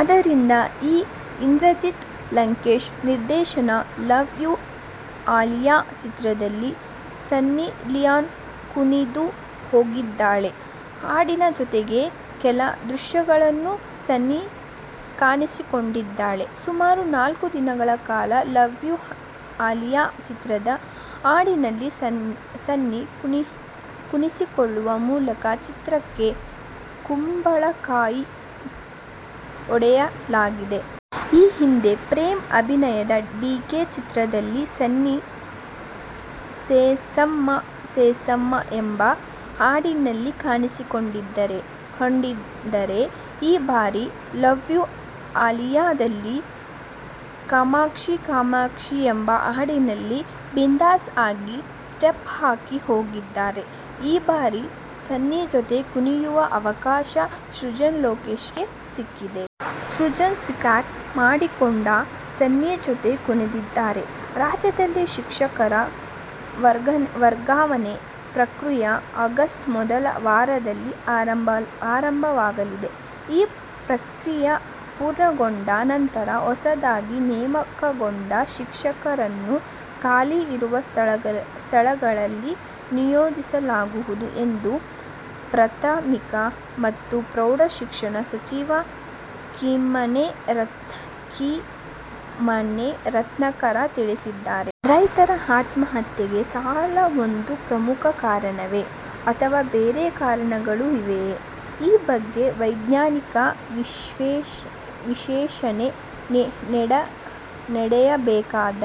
ಅದರಂತೆ ಈಗ ಇಂದ್ರಜಿತ್ ಲಂಕೇಶ್ ನಿರ್ದೇಶನದ "ಲವ್ ಯೂ ಆಲಿಯಾ' ಚಿತ್ರದಲ್ಲಿ ಸನ್ನಿ ಲಿಯೋನ್ ಕುಣಿದು ಹೋಗಿದ್ದಾಳೆ. ಹಾಡಿನ ಜೊತೆಗೆ ಕೆಲ ದೃಶ್ಯಗಳಲ್ಲೂ ಸನ್ನಿ ಕಾಣಿಸಿಕೊಂಡಿದ್ದಾಳೆ. ಸುಮಾರು ನಾಲ್ಕು ದಿನಗಳ ಕಾಲ "ಲವ್ ಯೂ ಆಲಿಯಾ' ಚಿತ್ರದ ಹಾಡಿನಲ್ಲಿ ಸನ್ನಿ ಕಾಣಿಸಿಕೊಳ್ಳುವ ಮೂಲಕ ಚಿತ್ರಕ್ಕೆ ಕುಂಬಳಕಾಯಿ ಒಡೆಯಲಾಗಿದೆ. ಈ ಹಿಂದೆ ಪ್ರೇಮ್ ಅಭಿನಯದ "ಡಿಕೆ' ಚಿತ್ರದಲ್ಲಿ ಸನ್ನಿ "ಸೇಸಮ್ಮ ಸೇಸಮ್ಮ ' ಎಂಬ ಹಾಡಿನಲ್ಲಿ ಕಾಣಿಸಿಕೊಂಡರೆ ಈ ಬಾರಿ "ಲವ್ ಯೂ ಆಲಿಯಾ'ದಲ್ಲಿ "ಕಾಮಾಕ್ಷಿ ಕಾಮಾಕ್ಷಿ ' ಎಂಬ ಹಾಡಿನಲ್ಲಿ ಬಿಂದಾಸ್ ಆಗಿ ಸ್ಟೆಪ್ ಹಾಕಿ ಹೋಗಿದ್ದಾಳೆ. ಈ ಬಾರಿ ಸನ್ನಿ ಜೊತೆ ಕುಣಿಯುವ ಅವಕಾಶ ಸೃಜನ್ ಲೊಕೇಶ್ಗೆ ಸಿಕ್ಕಿದೆ. ಸೃಜನ್ ಸಿಕ್ಸ್ಪ್ಯಾಕ್ ಮಾಡಿಕೊಂಡು ಸನ್ನಿ ಜೊತೆ ಕುಣಿದಿದ್ದಾರೆ. ರಾಜ್ಯದಲ್ಲಿ ಶಿಕ್ಷಕರ ವರ್ಗಾವಣೆ ಪ್ರಕ್ರಿಯೆ ಆಗಸ್ಟ್ ಮೊದಲ ವಾರದಲ್ಲಿ ಆರಂಭವಾಗಲಿದೆ. ಈ ಪ್ರಕ್ರಿಯೆ ಪೂರ್ಣಗೊಂಡ ನಂತರ ಹೊಸದಾಗಿ ನೇಮಕಗೊಂಡ ಶಿಕ್ಷಕರನ್ನು ಖಾಲಿ ಇರುವ ಸ್ಥಳಗಳಿಗೆ ನಿಯೋಜಿಸಲಾಗುವುದು ಎಂದು ಪ್ರಾಥಮಿಕ ಮತ್ತು ಪ್ರೌಢ ಶಿಕ್ಷಣ ಸಚಿವ ಕಿಮ್ಮನೆ ರತ್ನಾಕರ ತಿಳಿಸಿದ್ದಾರೆ. ರೈತರ ಆತ್ಮಹತ್ಯೆಗೆ ಸಾಲವೊಂದೇ ಪ್ರಮುಖ ಕಾರಣವೇ? ಅಥವಾ ಬೇರೆ ಕಾರಣಗಳು ಇವೆಯೇ? ಈ ಬಗ್ಗೆ ವೈಜ್ಞಾನಿಕ ವಿಶ್ಲೇಷಣೆ ನಡೆಯಬೇಕಾದ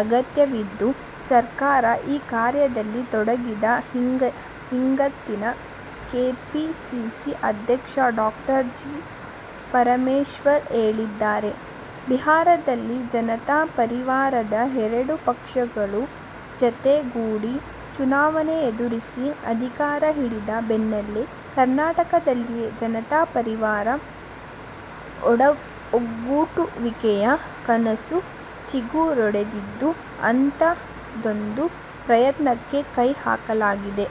ಅಗತ್ಯವಿದ್ದು, ಸರ್ಕಾರ ಈ ಕಾರ್ಯದಲ್ಲಿ ತೊಡಗಿದೆ- ಹೀಗಂತ ಕೆಪಿಸಿಸಿ ಅಧ್ಯಕ್ಷ ಡಾ. ಜಿ. ಪರಮೇಶ್ವರ್ ಹೇಳಿದ್ದಾರೆ. ಬಿಹಾರದಲ್ಲಿ ಜನತಾ ಪರಿವಾರದ ಎರಡು ಪಕ್ಷಗಳು ಜತೆಗೂಡಿ ಚುನಾವಣೆ ಎದುರಿಸಿ ಅಧಿಕಾರ ಹಿಡಿದ ಬೆನ್ನಲ್ಲೇ ಕರ್ನಾಟಕದಲ್ಲಿಯೂ ಜನತಾ ಪರಿವಾರ ಒಗ್ಗೂಡುವಿಕೆಯ ಕನಸು ಚಿಗುರೊಡೆದಿದ್ದು, ಅಂಥದ್ದೊಂದು ಪ್ರಯತ್ನಕ್ಕೆ ಕೈ ಹಾಕಲಾಗಿದೆ.